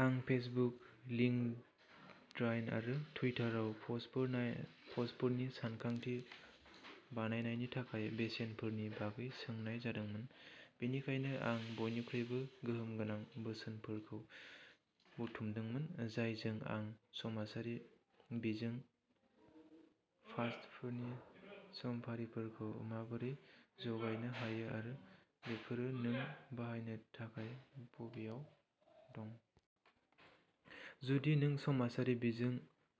आंखौ Facebook, LinkedIn आरो टुइटाराव पस्टफोरनि सानथांखि बानायनायनि थाखाय बोसोनफोरनि बागै सोंनाय जादोंमोन, बेनिखायनो आं बयनिख्रुइबो गोहोम गोनां बोसोनफोरखौ बुथुमदोंमोन, जायजों आं समाजारि बिजों पस्टफोरनि समफारिखौ माबोरै जागायनो हायो, आरो बेफोरो नों बाहायनो थाखाय बेयाव दं। जुदि नों समाजारि बिजों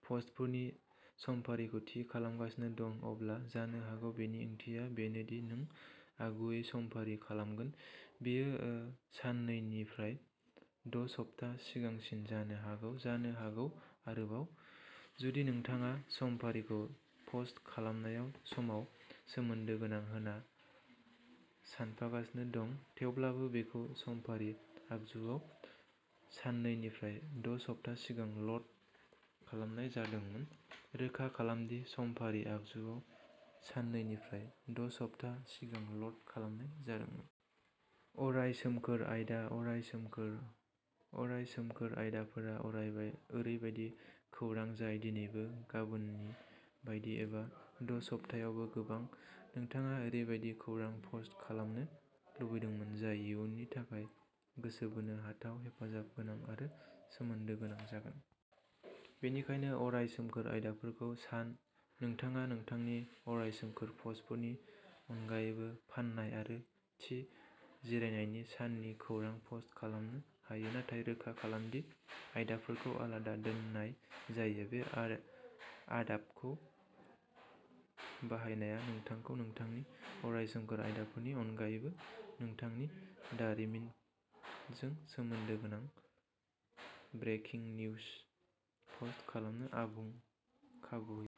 पस्टफोरनि समफारिखौ थि खालामगासिनो दं, अब्ला जानो हागौ बेनि ओंथिया बेनो दि नों आगुयै समफारि खालामगोन। बेयो साननैनिफ्राय द'सप्ता सिगांसिम जानो हागौ, जानो हागौ आरोबाव। जुदि नोंथाङा समफारिखौ पोस्ट खालामनाय समाव सोमोन्दो गोनां होनना सान्गासिनो दं, थेवब्लाबो बेखौ समफारि आगजुआव साननैनिफ्राय द'सप्ता सिगां ल'ड खालामनाय जादोंमोन, रोखा खालाम दि समफारि आगजुआव साननैनिफ्राय द'सप्ता सिगां ल'ड खालामनाय जादोंमोन। अराय सोमखोर आयदा अराय सोमखोर। अराय सोमखोर आयदाफोरा ओरैबायदि खौरां जाय दिनैबो गाबोननि बायदि एबा द'सप्तायावबो गोनां। नोंथाङा ओरैबायदि खौरां पस्ट खालामनो लुबैदों जाय इयुननि थाखाय गोसो बोनो हाथाव, हेफाजाब गोनां आरो सोमोन्दो गोनां जागोन। बेनिखायनो, अराय सोमखोर आयदाफोरखौ सान। नोंथाङा नोंथांनि अराय सोमखोर पस्टफोरनि अनगायैबो फान्नाय आरो थि जिरायनाय साननि खौरां पस्ट खालामनो हायो, नाथाय रोखा खालाम दि आयदाफोरखौ आलादा दोननाय जायो। बे आदबखौ बाहायनाया नोंथांखौ नोंथांनि अराय सोमखोर आयदाफोरनि अनगायैबो नोंथांनि दारिमिनजों सोमोन्दो गोनां ब्रेकिं निउज पस्ट खालामनो खाबु होयो।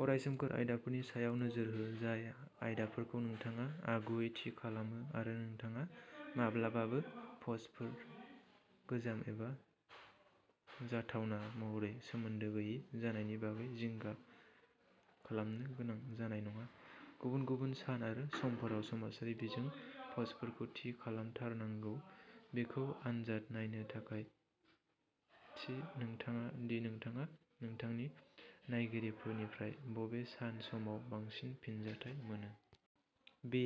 अराय सोमखोर आयदाफोरनि सायाव नोजोर हो, जाय आयदाफोरखौ नोंथाङा आगुयै थि खालामो, आरो नोंथाङा माब्लाबाबो पस्टफोरा गोजाम एबा जाथावना महरै सोमोन्दो गैयै जानायनि बागै जिंगा खालामनो गोनां जानाय नङा। गुबुन-गुबुन सान आरो समफोराव समाजारि बिजों पस्टफोरखौ थि खालामथारनांगौ, बेखौ आनजाद नायनो थाखाय दि नोंथाङा नोंथांनि नायगिरिफोरनिफ्राय बबे सान/समाव बांसिन फिनजाथाय मोनो। बे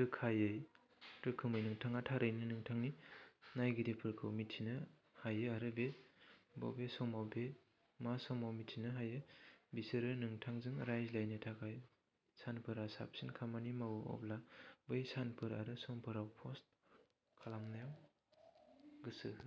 रोखोमै, नोंथाङा थारैनो नोंथांनि नायगिरिफोरखौ मिन्थिनो हायो आरो बबे समाव आरो मा समाव मिथिनो हायो। बिसोर नोंथांजों रायज्लायनो थाखाय सानफोरा साबसिन खामानि मावो। अब्ला बै सानफोर आरो समफोराव पस्ट खालामनायाव गोसो हो।